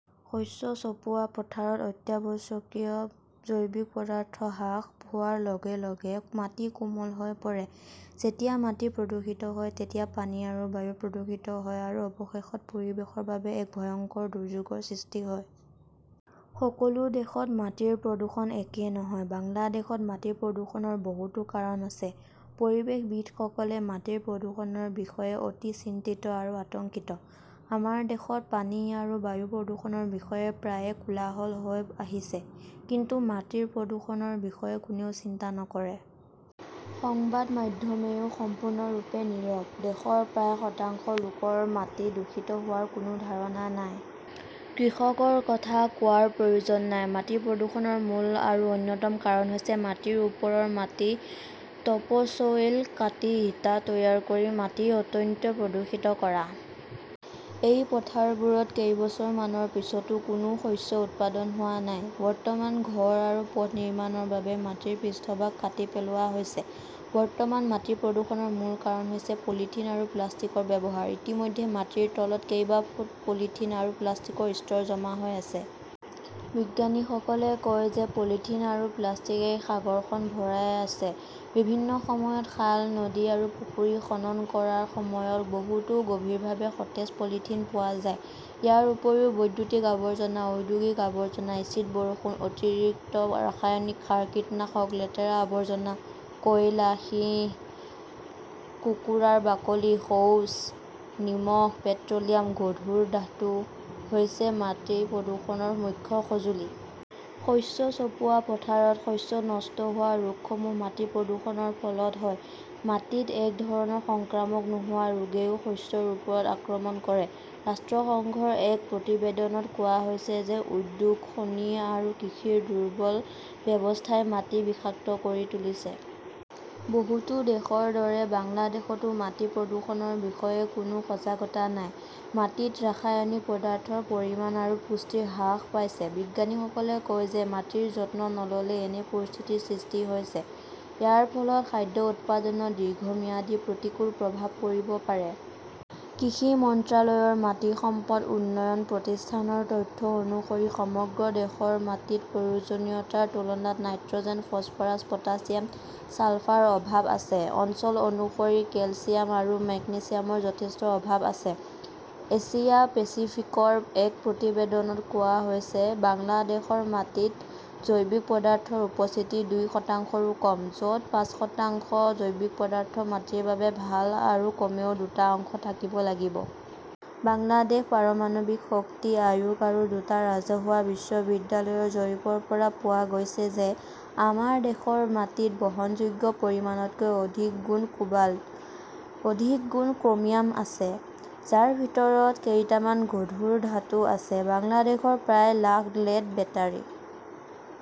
শস্য চপোৱা পথাৰত অত্যাৱশ্যকীয় জৈৱিক পদাৰ্থ হ্ৰাস হোৱাৰ লগে লগে মাটি কোমল হৈ পৰে। যেতিয়া মাটি প্ৰদূষিত হয় তেতিয়া পানী আৰু বায়ু প্ৰদূষিত হয় আৰু অৱশেষত পৰিৱেশৰ বাবে এক ভয়ংকৰ দুৰ্যোগৰ সৃষ্টি হয়। সকলো দেশত মাটিৰ প্ৰদূষণ একে নহয়। বাংলাদেশত মাটি প্ৰদূষণৰ বহুতো কাৰণ আছে। পৰিৱেশবিদসকলে মাটিৰ প্ৰদূষণৰ বিষয়ে অতি চিন্তিত আৰু আতংকিত। আমাৰ দেশত পানী আৰু বায়ু প্ৰদূষণৰ বিষয়ে প্ৰায়ে কোলাহল হৈ আহিছে। কিন্তু মাটিৰ প্ৰদূষণৰ বিষয়ে কোনেও চিন্তা নকৰে। সংবাদ মাধ্যমেও সম্পূৰ্ণৰূপে নীৰৱ। দেশৰ প্ৰায় শতাংশ লোকৰ মাটি দূষিত হোৱাৰ কোনো ধাৰণা নাই। কৃষকৰ কথা কোৱাৰ প্ৰয়োজন নাই। মাটি প্ৰদূষণৰ মূল আৰু অন্যতম কাৰণ হৈছে মাটিৰ ওপৰৰ মাটি 'টপ চ'ইল কাটি ইটা তৈয়াৰ কৰি মাটি অত্যন্ত প্ৰদূষিত কৰা। এই পথাৰবোৰত কেইবছৰমানৰ পিছতো কোনো শস্য উৎপাদন হোৱা নাই। বৰ্তমান ঘৰ আৰু পথ নিৰ্মাণৰ বাবে মাটিৰ পৃষ্ঠভাগ কাটি পেলোৱা হৈছে। বৰ্তমান মাটি প্ৰদূষণৰ মূল কাৰণ হৈছে পলিথিন আৰু প্লাষ্টিকৰ ব্যৱহাৰ। ইতিমধ্যে মাটিৰ তলত কেইবা ফুট পলিথিন আৰু প্লাষ্টিকৰ স্তৰ জমা হৈ আছে। বিজ্ঞানীসকলে কয় যে পলিথিন আৰু প্লাষ্টিকেই সাগৰখন ভৰাই আছে। বিভিন্ন সময়ত খাল, নদী আৰু পুখুৰী খনন কৰাৰ সময়ত বহুতো গভীৰভাৱে সতেজ পলিথিন পোৱা যায়। ইয়াৰ উপৰিও বৈদ্যুতিক আৱৰ্জনা, ঔদ্যোগিক আৱৰ্জনা, এচিড বৰষুণ, অতিৰিক্ত ৰাসায়নিক সাৰ, কীটনাশক, লেতেৰা আৱৰ্জনা, কয়লা, সীহ, কুকুৰাৰ বাকলি, শৌচ, নিমখ, পেট্ৰ'লিয়াম, গধুৰ ধাতু হৈছে মাটি প্ৰদূষণৰ মুখ্য সঁজুলি। শস্য চপোৱা পথাৰত শস্য নষ্ট হোৱা ৰোগসমূহ মাটি প্ৰদূষণৰ ফলত হয়। মাটিত এক ধৰণৰ সংক্ৰামক নোহোৱা ৰোগেও শস্যৰ ওপৰত আক্ৰমণ কৰে। ৰাষ্ট্ৰসংঘৰ এক প্ৰতিবেদনত কোৱা হৈছে যে উদ্যোগ, খনি আৰু কৃষিৰ দুৰ্বল ব্যৱস্থাই মাটি বিষাক্ত কৰি তুলিছে। বহুতো দেশৰ দৰে বাংলাদেশতো মাটি প্ৰদূষণৰ বিষয়ে কোনো সজাগতা নাই। মাটিত ৰাসায়নিক পদাৰ্থৰ পৰিমাণ আৰু পুষ্টি হ্ৰাস পাইছে। বিজ্ঞানীসকলে কয় যে মাটিৰ যত্ন নল'লে এনে পৰিস্থিতিৰ সৃষ্টি হৈছে। ইয়াৰ ফলত খাদ্য উৎপাদনত দীৰ্ঘম্যাদী প্ৰতিকূল প্ৰভাৱ পৰিব পাৰে। কৃষি মন্ত্ৰালয়ৰ মাটি সম্পদ উন্নয়ন প্ৰতিষ্ঠানৰ তথ্য অনুসৰি সমগ্ৰ দেশৰ মাটিত প্ৰয়োজনীয়তাৰ তুলনাত নাইট্ৰ'জেন, ফছফৰাছ, পটাছিয়াম, ছালফাৰ অভাৱ আছে। অঞ্চল অনুসৰি কেলচিয়াম আৰু মেগনেছিয়ামৰ যথেষ্ট অভাৱ আছে। এছিয়া পেচিফিকৰ এক প্ৰতিবেদনত কোৱা হৈছে, বাংলাদেশৰ মাটিত জৈৱিক পদাৰ্থৰ উপস্থিতি দুই শতাংশৰো কম, য 'ত পাঁচ শতাংশ জৈৱিক পদাৰ্থ মাটিৰ বাবে ভাল আৰু কমেও দুটা অংশ থাকিব লাগিব। বাংলাদেশ পাৰমাণৱিক শক্তি আয়োগ আৰু দুটা ৰাজহুৱা বিশ্ববিদ্যালয়ৰ জৰীপৰ পৰা পোৱা গৈছে যে আমাৰ দেশৰ মাটিত বহনযোগ্য পৰিমাণতকৈ অধিক গুণ কোৱাল্ট, অধিক গুণ ক্ৰমিয়াম আছে, যাৰ ভিতৰত কেইটামান গধুৰ ধাতু আছে। বাংলাদেশৰ প্ৰায় লাখ লেড বেটাৰী